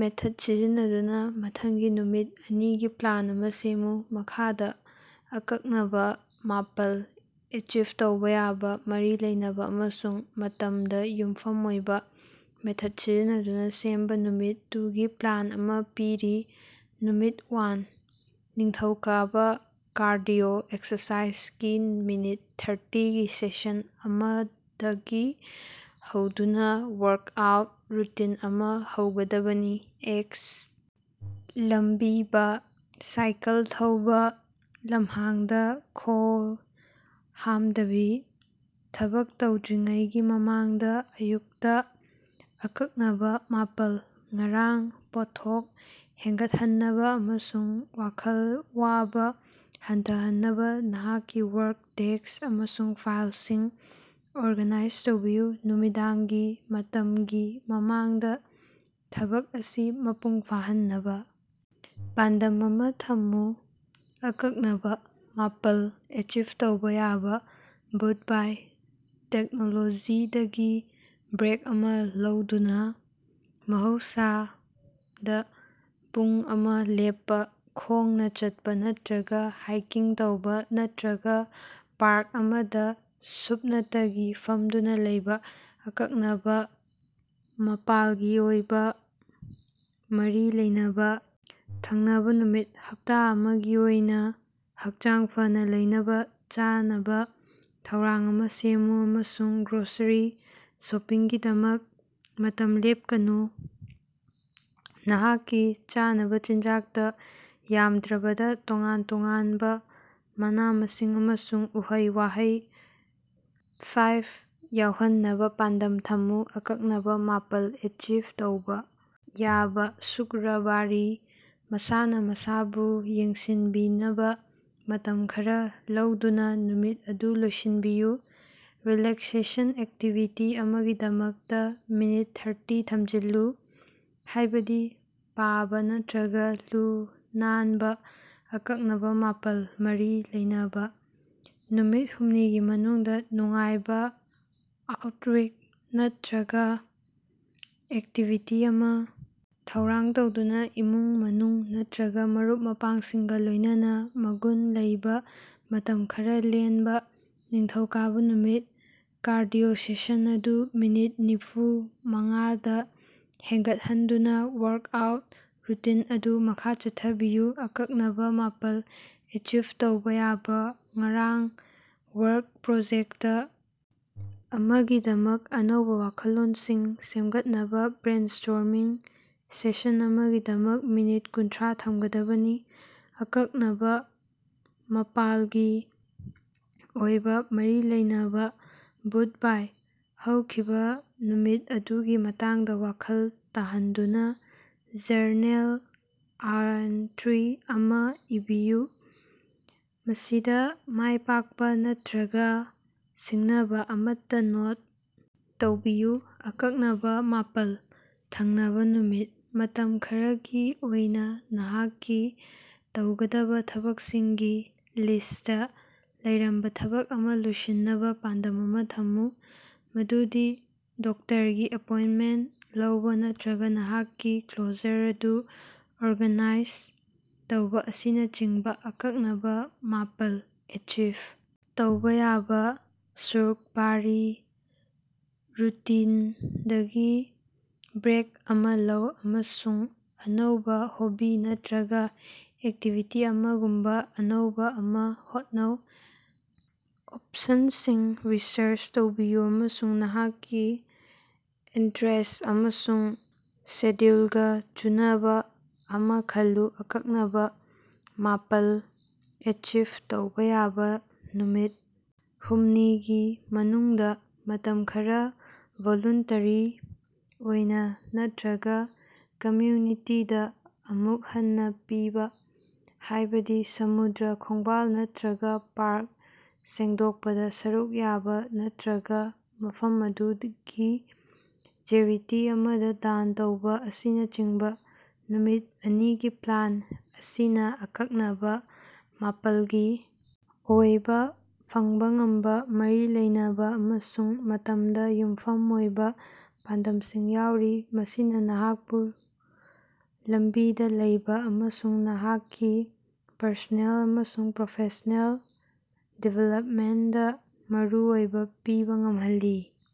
Method ꯁꯤꯖꯤꯟꯅꯗꯨꯅ ꯃꯊꯪꯒꯤ ꯅꯨꯃꯤꯠ ꯑꯅꯤꯒꯤ ꯄ꯭ꯂꯥꯟ ꯑꯃꯥ ꯁꯦꯝꯃꯨ꯫ ꯃꯈꯥꯗꯥ (ꯑꯀꯛꯅꯕꯥ, ꯃꯥꯄꯜ, ꯑꯦꯆꯤꯚ ꯇꯧꯕꯥ ꯌꯥꯕꯥ, ꯃꯔꯤ ꯂꯩꯅꯕꯥ, ꯑꯃꯁꯨꯡ ꯃꯇꯝꯗ ꯌꯨꯝꯐꯝ ꯑꯣꯏꯕꯥ) ꯃꯦꯊꯗ ꯁꯤꯖꯤꯟꯅꯗꯨꯅꯥ ꯁꯦꯝꯕꯥ ꯅꯨꯃꯤꯠ ꯇꯨꯒꯤ ꯄ꯭ꯂꯥꯟ ꯑꯃꯥ ꯄꯤꯔꯤ: ꯅꯨꯃꯤꯠ ꯋꯥꯟ: ꯅꯤꯡꯊꯧꯀꯥꯕꯥ: ꯀꯥꯔꯗꯤꯑꯣ ꯑꯦꯛꯁꯔꯁꯥꯏꯖꯒꯤ ꯃꯤꯅꯤꯠ ꯊ꯭ꯔꯇꯤꯒꯤ ꯁꯦꯁꯟ ꯑꯃꯗꯒꯤ ꯍꯧꯗꯨꯅꯥ ꯋꯥꯔꯛꯑꯥꯎꯠ ꯔꯨꯇꯤꯟ ꯑꯃꯥ ꯍꯧꯒꯗꯕꯅꯤ (ꯑꯦꯛꯁ. ꯂꯝꯕꯤꯕꯥ, ꯁꯥꯏꯀꯜ ꯊꯧꯕꯥ, ꯂꯝꯍꯥꯡꯗꯥ ꯈꯣꯉ ꯍꯥꯃꯗꯕꯥ) ꯊꯕꯛ ꯇꯧꯗ꯭ꯔꯤꯉꯩꯒꯤ ꯃꯃꯥꯡꯗꯥ ꯑꯌꯨꯛꯇꯥ꯫ (ꯑꯀꯛꯅꯕꯥ, ꯃꯥꯄꯜ) ꯉꯔꯥꯡ: ꯄꯣꯠꯊꯣꯛ ꯍꯦꯟꯒꯠꯍꯟꯅꯕꯥ ꯑꯃꯁꯨꯡ ꯋꯥꯈꯜ ꯋꯥꯕꯥ ꯍꯟꯊꯍꯟꯅꯕꯥ ꯅꯍꯥꯛꯀꯤ ꯋꯥꯔꯛ ꯗꯦꯁꯛ ꯑꯃꯁꯨꯡ ꯐꯥꯏꯂꯁꯤꯡ ꯑꯣꯔꯒꯅꯥꯏꯖ ꯇꯧꯕꯤꯌꯨ꯫ ꯅꯨꯃꯤꯗꯥꯡꯒꯤ ꯃꯇꯝꯒꯤ ꯃꯃꯥꯡꯗꯥ ꯊꯕꯛ ꯑꯁꯤ ꯃꯄꯨꯡ ꯐꯥꯍꯟꯅꯕꯥ ꯄꯥꯟꯗꯝ ꯑꯃꯥ ꯊꯝꯃꯨ꯫ (ꯑꯀꯛꯅꯕꯥ, ꯃꯥꯄꯜ, ꯑꯦꯆꯤꯕ ꯇꯧꯕꯥ ꯌꯥꯕꯥ) ꯕꯨꯙꯕꯥꯏ: ꯇꯦꯛꯅꯣꯂꯣꯖꯤꯗꯒꯤ ꯕ꯭ꯔꯦꯛ ꯑꯃꯥ ꯂꯧꯗꯨꯅꯥ ꯃꯍꯧꯁꯥꯗꯥ ꯄꯨꯡ ꯑꯃ ꯂꯦꯞꯄꯥ, ꯈꯣꯡꯅꯥ ꯆꯠꯄꯥ ꯅꯠꯇꯔꯒꯥ ꯍꯥꯏꯀꯤꯡ ꯇꯧꯕꯥ ꯅꯠꯇꯔꯒꯥ ꯄꯥꯔꯛ ꯑꯃꯗꯥ ꯁꯨꯞꯅꯇꯒꯤ ꯐꯝꯗꯨꯅꯥ ꯂꯩꯕꯥ꯫ (ꯑꯀꯛꯅꯕꯥ, ꯃꯥꯄꯜꯒꯤ ꯑꯣꯏꯕꯥ, ꯃꯔꯤ ꯂꯩꯅꯕꯥ) ꯊꯪꯅꯕꯥ ꯅꯨꯃꯤꯠ: ꯍꯞꯇꯥ ꯑꯃꯒꯤ ꯑꯣꯏꯅꯥ ꯍꯛꯆꯥꯡ ꯐꯅꯥ ꯂꯩꯅꯕꯥ ꯆꯥꯅꯕꯥ ꯊꯧꯔꯥꯡ ꯑꯃꯥ ꯁꯦꯝꯃꯨ ꯑꯃꯁꯨꯡ ꯒ꯭ꯔꯣꯁꯔꯤ ꯁꯣꯄꯤꯡꯒꯤꯗꯃꯛ ꯃꯇꯝ ꯂꯦꯞꯀꯅꯨ꯫ ꯅꯍꯥꯛꯀꯤ ꯆꯥꯅꯕꯥ ꯆꯤꯟꯖꯥꯛꯇꯥ ꯌꯥꯝꯗ꯭ꯔꯕꯗꯥ ꯇꯣꯉꯥꯟ-ꯇꯣꯉꯥꯟꯕꯥ ꯃꯅꯥ-ꯃꯁꯤꯡ ꯑꯃꯁꯨꯡ ꯎꯍꯩ-ꯋꯥꯍꯩ ꯐꯥꯏꯚ ꯌꯥꯎꯍꯟꯅꯕꯥ ꯄꯥꯟꯗꯝ ꯊꯝꯃꯨ꯫ (ꯑꯀꯛꯅꯕꯥ, ꯃꯥꯄꯜ, ꯑꯦꯆꯤꯕ ꯇꯧꯕꯥ ꯌꯥꯕꯥ) ꯁꯨꯛꯀꯔꯕꯥꯔꯤ: ꯃꯁꯥꯅꯥ ꯃꯁꯥꯕꯨ ꯌꯦꯡꯁꯤꯟꯕꯤꯅꯕꯥ ꯃꯇꯝ ꯈꯔꯥ ꯂꯧꯗꯨꯅꯥ ꯅꯨꯃꯤꯠ ꯑꯗꯨ ꯂꯣꯏꯁꯤꯟꯕꯤꯌꯨ꯫ ꯔꯤꯂꯥꯛꯁꯦꯁꯟ ꯑꯦꯛꯇꯤꯚꯤꯇꯤ ꯑꯃꯒꯤꯗꯃꯛꯇꯥ ꯃꯤꯅꯠ ꯊ꯭ꯔꯇꯤ ꯊꯝꯖꯤꯜꯂꯨ, ꯍꯥꯏꯕꯗꯤ ꯄꯥꯕꯥ ꯅꯠꯇꯔꯒꯥ ꯂꯨ-ꯅꯥꯟꯕꯥ꯫ (ꯑꯀꯛꯅꯕꯥ, ꯃꯥꯄꯜ, ꯃꯔꯤ ꯂꯩꯅꯕꯥ) ꯅꯨꯃꯤꯠ ꯍꯨꯝꯅꯤꯒꯤ ꯃꯅꯨꯡꯗꯥ: ꯅꯨꯡꯉꯥꯏꯕꯥ ꯑꯥꯎꯠꯔꯤꯡ ꯅꯠꯇꯔꯒꯥ ꯑꯦꯛꯇꯤꯚꯤꯇꯤ ꯑꯃꯥ ꯊꯧꯔꯥꯡ ꯇꯧꯗꯨꯅꯥ ꯏꯃꯨꯡ-ꯃꯅꯨꯡ ꯅꯠꯇꯔꯒꯥ ꯃꯔꯨꯞ-ꯃꯄꯥꯡꯁꯤꯡꯒꯥ ꯂꯣꯏꯅꯅ ꯃꯒꯨꯟ ꯂꯩꯕꯥ ꯃꯇꯝ ꯈꯔꯥ ꯂꯦꯟꯕꯥ꯫ ꯅꯤꯡꯊꯧꯀꯥꯕꯥ ꯅꯨꯃꯤꯠ: ꯀꯥꯔꯗꯤꯑꯣ ꯁꯦꯁꯟ ꯑꯗꯨ ꯃꯤꯅꯤꯠ ꯅꯤꯐꯨ ꯃꯉꯥꯗꯥ ꯍꯦꯟꯒꯠꯍꯟꯗꯨꯅꯥ ꯋꯥꯔꯛꯑꯥꯎꯠ ꯔꯨꯇꯤꯟ ꯑꯗꯨ ꯃꯈꯥ ꯆꯠꯊꯕꯤꯌꯨ꯫ (ꯑꯀꯛꯅꯕꯥ, ꯃꯥꯄꯜ, ꯑꯦꯆꯤꯕ ꯇꯧꯕꯥ ꯌꯥꯕꯥ) ꯉꯔꯥꯡ: ꯋꯥꯔꯛ ꯄ꯭ꯔꯣꯖꯦꯛꯇ ꯑꯃꯒꯤꯗꯃꯛ ꯑꯅꯧꯕꯥ ꯋꯥꯈꯜꯂꯣꯟꯁꯤꯡ ꯁꯦꯝꯒꯠꯅꯕꯥ ꯕ꯭ꯔꯦꯟꯁ꯭ꯇꯣꯔꯃꯤꯡ ꯁꯦꯁꯟ ꯑꯃꯒꯤꯗꯃꯛ ꯃꯤꯅꯤꯠ ꯀꯨꯟꯊ꯭ꯔꯥ ꯊꯝꯒꯗꯕꯅꯤ꯫ (ꯑꯀꯛꯅꯕꯥ, ꯃꯥꯄꯂꯒꯤ ꯑꯣꯏꯕꯥ, ꯃꯔꯤ ꯂꯩꯅꯕꯥ) ꯕꯨꯙꯕꯥꯏ: ꯍꯧꯈꯤꯕꯥ ꯅꯨꯃꯤꯠ ꯑꯗꯨꯒꯤ ꯃꯇꯥꯡꯗꯥ ꯋꯥꯈꯜ ꯇꯥꯍꯟꯗꯨꯅꯥ ꯖꯔꯅꯦꯜ ꯑꯦꯟꯇꯔꯤ ꯑꯃꯥ ꯏꯕꯤꯌꯨ, ꯃꯁꯤꯗꯥ ꯃꯥꯏ ꯄꯥꯛꯄꯥ ꯅꯠꯇꯔꯒꯥ ꯁꯤꯡꯅꯕꯥ ꯑꯃꯠꯇꯥ ꯅꯣꯠ ꯇꯧꯕꯤꯌꯨ꯫ (ꯑꯀꯛꯅꯕꯥ, ꯃꯥꯄꯜ) ꯊꯪꯅꯕꯥ ꯅꯨꯃꯤꯠ: ꯃꯇꯝ ꯈꯔꯒꯤ ꯑꯣꯏꯅꯥ ꯅꯍꯥꯛꯀꯤ ꯇꯧꯒꯗꯕꯥ ꯊꯕꯛꯁꯤꯡꯒꯤ ꯂꯤꯁꯇꯇꯥ ꯂꯩꯔꯝꯕꯥ ꯊꯕꯛ ꯑꯃꯥ ꯂꯣꯏꯁꯤꯟꯅꯕꯥ ꯄꯥꯟꯗꯝ ꯑꯃꯥ ꯊꯝꯃꯨ, ꯃꯗꯨꯗꯤ ꯗꯣꯛꯇꯔꯒꯤ ꯑꯦꯄꯣꯏꯟꯇꯃꯦꯟꯇ ꯂꯧꯕꯥ ꯅꯠꯇꯔꯒꯥ ꯅꯍꯥꯛꯀꯤ ꯀ꯭ꯂꯣꯖꯔ ꯑꯗꯨ ꯑꯣꯔꯒꯥꯅꯥꯏꯖ ꯇꯧꯕꯥ ꯑꯁꯤꯅꯆꯤꯡꯕꯥ꯫ (ꯑꯀꯛꯅꯕꯥ, ꯃꯥꯄꯜ, ꯑꯦꯆꯤꯚ ꯇꯧꯕꯥ ꯌꯥꯕꯥ) ꯁꯨꯛꯔꯕꯥꯔꯤ: ꯔꯨꯇꯤꯟꯗꯒꯤ ꯕ꯭ꯔꯦꯛ ꯑꯃꯥ ꯂꯧ ꯑꯃꯁꯨꯡ ꯑꯅꯧꯕꯥ ꯍꯣꯕꯤ ꯅꯠꯇꯔꯒꯥ ꯑꯦꯛꯇꯤꯚꯤꯇꯤ ꯑꯃꯥꯒꯨꯝꯕꯥ ꯑꯅꯧꯕꯥ ꯑꯃ ꯍꯣꯠꯅꯧ꯫ ꯑꯣꯄꯁꯟꯁꯤꯡ ꯔꯤꯁꯔꯆ ꯇꯧꯕꯤꯌꯨ ꯑꯃꯁꯨꯡ ꯅꯍꯥꯛꯀꯤ ꯏꯟꯇꯔꯦꯁꯠ ꯑꯃꯁꯨꯡ ꯁꯦꯗ꯭ꯌꯨꯜꯒꯥ ꯆꯨꯅꯕꯥ ꯑꯃꯥ ꯈꯜꯂꯨ꯫ (ꯑꯀꯛꯅꯕꯥ, ꯃꯥꯄꯜ, ꯑꯦꯆꯤꯚ ꯇꯧꯕꯥ ꯌꯥꯕꯥ) ꯅꯨꯃꯤꯠ ꯍꯨꯝꯅꯤꯒꯤ ꯃꯅꯨꯡꯗꯥ: ꯃꯇꯝ ꯈꯔꯥ ꯚꯣꯂꯨꯟꯇꯔꯤ ꯑꯣꯏꯅꯥ ꯅꯠꯇꯔꯒꯥ ꯀꯝꯌꯨꯅꯤꯇꯤꯗꯥ ꯑꯃꯨꯛ ꯍꯟꯅꯥ ꯄꯤꯕꯥ, ꯍꯥꯏꯕꯗꯤ ꯁꯃꯨꯗ꯭ꯔ ꯈꯣꯡꯕꯥꯜ ꯅꯠꯇꯔꯒꯥ ꯄꯥꯔꯛ ꯁꯦꯡꯗꯣꯛꯄꯗꯥ ꯁꯔꯨꯛ ꯌꯥꯕꯥ ꯅꯠꯇꯔꯒꯥ ꯃꯐꯝ ꯑꯗꯨꯒꯤ ꯆꯦꯔꯤꯇꯤ ꯑꯃꯗꯥ ꯗꯥꯟ ꯇꯧꯕꯥ ꯑꯁꯤꯅꯆꯤꯡꯕꯥ꯫ ꯅꯨꯃꯤꯠ ꯑꯅꯤꯒꯤ ꯄ꯭ꯂꯥꯟ ꯑꯁꯤꯅꯥ ꯑꯀꯛꯅꯕꯥ, ꯃꯥꯄꯜꯒꯤ ꯑꯣꯏꯕꯥ, ꯐꯪꯕꯥ ꯉꯝꯕꯥ, ꯃꯔꯤ ꯂꯩꯅꯕꯥ ꯑꯃꯁꯨꯡ ꯃꯇꯝꯗ ꯌꯨꯝꯐꯝ ꯑꯣꯏꯕꯥ ꯄꯥꯟꯗꯝꯁꯤꯡ ꯌꯥꯎꯔꯤ, ꯃꯁꯤꯅꯥ ꯅꯍꯥꯛꯄꯨ ꯂꯝꯕꯤꯗꯥ ꯂꯩꯕꯥ ꯑꯃꯁꯨꯡ ꯅꯍꯥꯛꯀꯤ ꯄꯔꯁꯣꯅꯦꯜ ꯑꯃꯁꯨꯡ ꯄ꯭ꯔꯣꯐꯦꯁꯅꯦꯜ ꯗꯤꯕꯦꯂꯞꯃꯦꯟꯇꯗꯥ ꯃꯔꯨ ꯑꯣꯏꯕꯥ ꯄꯤꯕꯥ ꯉꯝꯍꯜꯂꯤ꯫